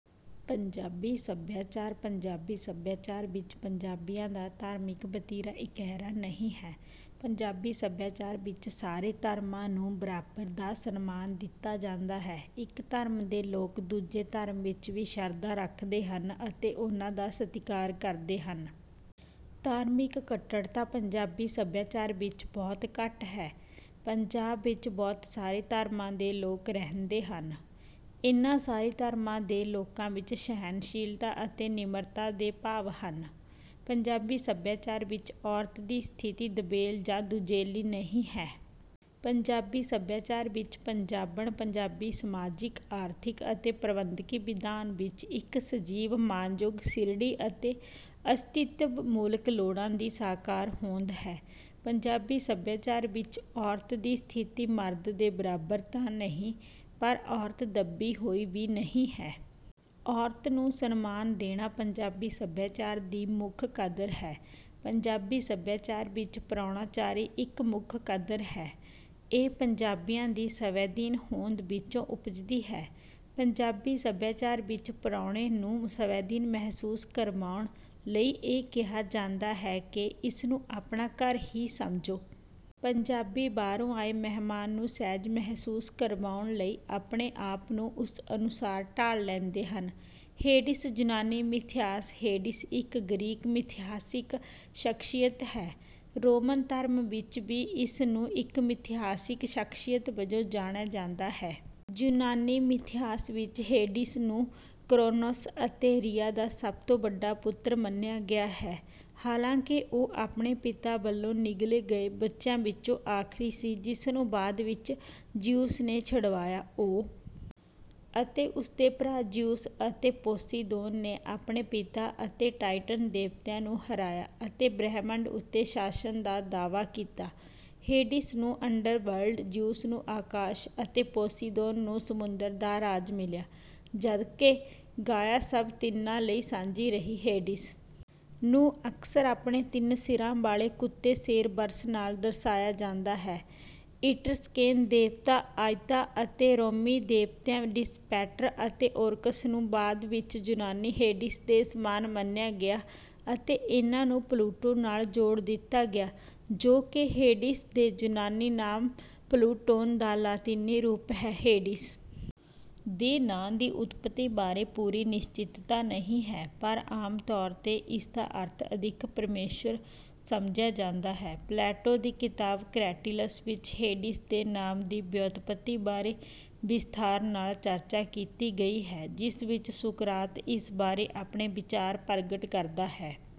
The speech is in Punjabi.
ਪੰਜਾਬੀ ਸਭਿਆਚਾਰ ਪੰਜਾਬੀ ਸਭਿਆਚਾਰ ਵਿੱਚ ਪੰਜਾਬੀਆਂ ਦਾ ਧਾਰਮਿਕ ਵਤੀਰਾ ਇਕਹਿਰਾ ਨਹੀਂ ਹੈ। ਪੰਜਾਬੀ ਸਭਿਆਚਾਰ ਵਿੱਚ ਸਾਰੇ ਧਰਮਾਂ ਨੂੰ ਬਰਾਬਰ ਦਾ ਸਨਮਾਨ ਦਿੱਤਾ ਜਾਂਦਾ ਹੈ। ਇੱਕ ਧਰਮ ਦੇ ਲੋਕ ਦੂਜੇ ਧਰਮ ਵਿੱਚ ਵੀ ਸ਼ਰਧਾ ਰੱਖਦੇ ਹਨ ਅਤੇ ਉਨ੍ਹਾਂ ਦਾ ਸਤਿਕਾਰ ਕਰਦੇ ਹਨ। ਧਾਰਮਿਕ ਕੱਟੜਤਾ ਪੰਜਾਬੀ ਸਭਿਆਚਾਰ ਵਿੱਚ ਬਹੁਤ ਘੱਟ ਹੈ। ਪੰਜਾਬ ਵਿੱਚ ਬਹੁਤ ਸਾਰੇ ਧਰਮਾਂ ਦੇ ਲੋਕ ਰਹਿੰਦੇ ਹਨ। ਇਨ੍ਹਾਂ ਸਾਰੇ ਧਰਮਾਂ ਦੇ ਲੋਕਾਂ ਵਿੱਚ ਸਹਿਣਸ਼ੀਲਤਾ ਅਤੇ ਨਿਮਰਤਾ ਦੇ ਭਾਵ ਹਨ। ਪੰਜਾਬੀ ਸਭਿਆਚਾਰ ਵਿੱਚ ਔਰਤ ਦੀ ਸਥਿਤੀ ਦਬੇਲ ਜਾਂ ਦੂਜੇਲੀ ਨਹੀਂ ਹੈ। ਪੰਜਾਬੀ ਸਭਿਆਚਾਰ ਵਿੱਚ ਪੰਜਾਬਣ ਪੰਜਾਬੀ ਸਮਾਜਿਕ, ਆਰਥਿਕ ਅਤੇ ਪ੍ਰਬੰਧਕੀ ਵਿਧਾਨ ਵਿੱਚ ਇੱਕ ਸਜੀਵ, ਮਾਣਯੋਗ, ਸਿਰੜੀ ਅਤੇ ਅਸਤਿਤਵਮੂਲਕ ਲੋੜਾਂ ਦੀ ਸਾਕਾਰ ਹੋਂਦ ਹੈ। ਪੰਜਾਬੀ ਸਭਿਆਚਾਰ ਵਿੱਚ ਔਰਤ ਦੀ ਸਥਿਤੀ ਮਰਦ ਦੇ ਬਰਾਬਰ ਤਾਂ ਨਹੀਂ, ਪਰ ਔਰਤ ਦੱਬੀ ਹੋਈ ਵੀ ਨਹੀਂ ਹੈ। ਔਰਤ ਨੂੰ ਸਨਮਾਨ ਦੇਣਾ ਪੰਜਾਬੀ ਸਭਿਆਚਾਰ ਦੀ ਮੁੱਖ ਕਦਰ ਹੈ। ਪੰਜਾਬੀ ਸਭਿਆਚਾਰ ਵਿੱਚ ਪ੍ਰਾਹੁਣਾਚਾਰੀ ਇੱਕ ਮੁੱਖ ਕਦਰ ਹੈ। ਇਹ ਪੰਜਾਬੀਆਂ ਦੀ ਸਵੈਧੀਨ ਹੋਂਦ ਵਿੱਚੋਂ ਉਪਜਦੀ ਹੈ। ਪੰਜਾਬੀ ਸਭਿਆਚਾਰ ਵਿੱਚ ਪ੍ਰਾਹੁਣੇ ਨੂੰ ਸਵੈਧੀਨ ਮਹਿਸੂਸ ਕਰਵਾਉਣ ਲਈ ਇਹ ਕਿਹਾ ਜਾਂਦਾ ਹੈ ਕਿ, “ਇਸ ਨੂੰ ਆਪਣਾ ਘਰ ਹੀ ਸਮਝੋ।” ਪੰਜਾਬੀ ਬਾਹਰੋਂ ਆਏ ਮਹਿਮਾਨ ਨੂੰ ਸਹਿਜ ਮਹਿਸੂਸ ਕਰਵਾਉਣ ਲਈ ਆਪਣੇ ਆਪ ਨੂੰ ਉਸ ਅਨੁਸਾਰ ਢਾਲ ਲੈਂਦੇ ਹਨ। ਹੇਡੀਸ ਯੂਨਾਨੀ ਮਿਥਿਹਾਸ ਹੇਡੀਸ ਇੱਕ ਗ੍ਰੀਕ ਮਿਥਿਹਾਸਿਕ ਸ਼ਖ਼ਸੀਅਤ ਹੈ। ਰੋਮਨ ਧਰਮ ਵਿੱਚ ਵੀ ਇਸ ਨੂੰ ਇੱਕ ਮਿਥਿਹਾਸਿਕ ਸ਼ਖ਼ਸੀਅਤ ਵਜੋਂ ਜਾਣਿਆ ਜਾਂਦਾ ਹੈ। ਯੂਨਾਨੀ ਮਿਥਿਹਾਸ ਵਿੱਚ ਹੇਡੀਸ ਨੂੰ ਕਰੌਨਸ ਅਤੇ ਰੀਆ ਦਾ ਸਭ ਤੋਂ ਵੱਡਾ ਪੁੱਤਰ ਮੰਨਿਆ ਗਿਆ ਹੈ, ਹਾਲਾਂਕਿ ਉਹ ਆਪਣੇ ਪਿਤਾ ਵੱਲੋਂ ਨਿਗਲੇ ਗਏ ਬੱਚਿਆਂ ਵਿੱਚ ਆਖ਼ਰੀ ਸੀ ਜਿਸ ਨੂੰ ਬਾਅਦ ਵਿੱਚ ਜ਼ਿਊਸ ਨੇ ਛੁਡਵਾਇਆ। ਉਹ ਅਤੇ ਉਸ ਦੇ ਭਰਾ ਜ਼ਿਊਸ ਅਤੇ ਪੋਸੀਦੋਨ ਨੇ ਆਪਣੇ ਪਿਤਾ ਅਤੇ ਟਾਇਟਨ ਦੇਵਤਿਆਂ ਨੂੰ ਹਰਾਇਆ ਅਤੇ ਬ੍ਰਹਿਮੰਡ ਉੱਤੇ ਸ਼ਾਸਨ ਦਾ ਦਾਅਵਾ ਕੀਤਾ। ਹੇਡੀਸ ਨੂੰ ਅੰਡਰਵਰਲਡ, ਜ਼ਿਊਸ ਨੂੰ ਆਕਾਸ਼ ਅਤੇ ਪੋਸੀਦੋਨ ਨੂੰ ਸਮੁੰਦਰ ਦਾ ਰਾਜ ਮਿਲਿਆ, ਜਦਕਿ ਗਾਇਆ ਸਭ ਤਿੰਨਾਂ ਲਈ ਸਾਂਝੀ ਰਹੀ। ਹੇਡੀਸ ਨੂੰ ਅਕਸਰ ਆਪਣੇ ਤਿੰਨ ਸਿਰਾਂ ਵਾਲੇ ਕੁੱਤੇ ਸੇਰਬਰਸ ਨਾਲ ਦਰਸਾਇਆ ਜਾਂਦਾ ਹੈ। ਈਟ੍ਰਸਕੇਨ ਦੇਵਤਾ ਅਈਤਾ ਅਤੇ ਰੋਮੀ ਦੇਵਤਿਆਂ ਡਿਸ ਪੈਟਰ ਅਤੇ ਓਰਕਸ ਨੂੰ ਬਾਅਦ ਵਿੱਚ ਯੂਨਾਨੀ ਹੇਡੀਸ ਦੇ ਸਮਾਨ ਮੰਨਿਆ ਗਿਆ ਅਤੇ ਇਨ੍ਹਾਂ ਨੂੰ ਪਲੂਟੋ ਨਾਲ ਜੋੜ ਦਿੱਤਾ ਗਿਆ, ਜੋ ਕਿ ਹੇਡੀਸ ਦੇ ਯੂਨਾਨੀ ਨਾਮ ਪਲੂਟੋਨ ਦਾ ਲਾਤੀਨੀ ਰੂਪ ਹੈ। ਹੇਡੀਸ ਦੇ ਨਾਂ ਦੀ ਉਤਪੱਤੀ ਬਾਰੇ ਪੂਰੀ ਨਿਸ਼ਚਿਤਤਾ ਨਹੀਂ ਹੈ, ਪਰ ਆਮ ਤੌਰ ’ਤੇ ਇਸ ਦਾ ਅਰਥ “ਅਦਿੱਖ ਪਰਮੇਸ਼ੁਰ” ਸਮਝਿਆ ਜਾਂਦਾ ਹੈ। ਪਲੈਟੋ ਦੀ ਕਿਤਾਬ ਕ੍ਰੈਟੀਲਸ ਵਿੱਚ ਹੇਡੀਸ ਦੇ ਨਾਮ ਦੀ ਵਿਉਤਪੱਤੀ ਬਾਰੇ ਵਿਸਥਾਰ ਨਾਲ ਚਰਚਾ ਕੀਤੀ ਗਈ ਹੈ, ਜਿਸ ਵਿੱਚ ਸੁਕਰਾਤ ਇਸ ਬਾਰੇ ਆਪਣੇ ਵਿਚਾਰ ਪ੍ਰਗਟ ਕਰਦਾ ਹੈ।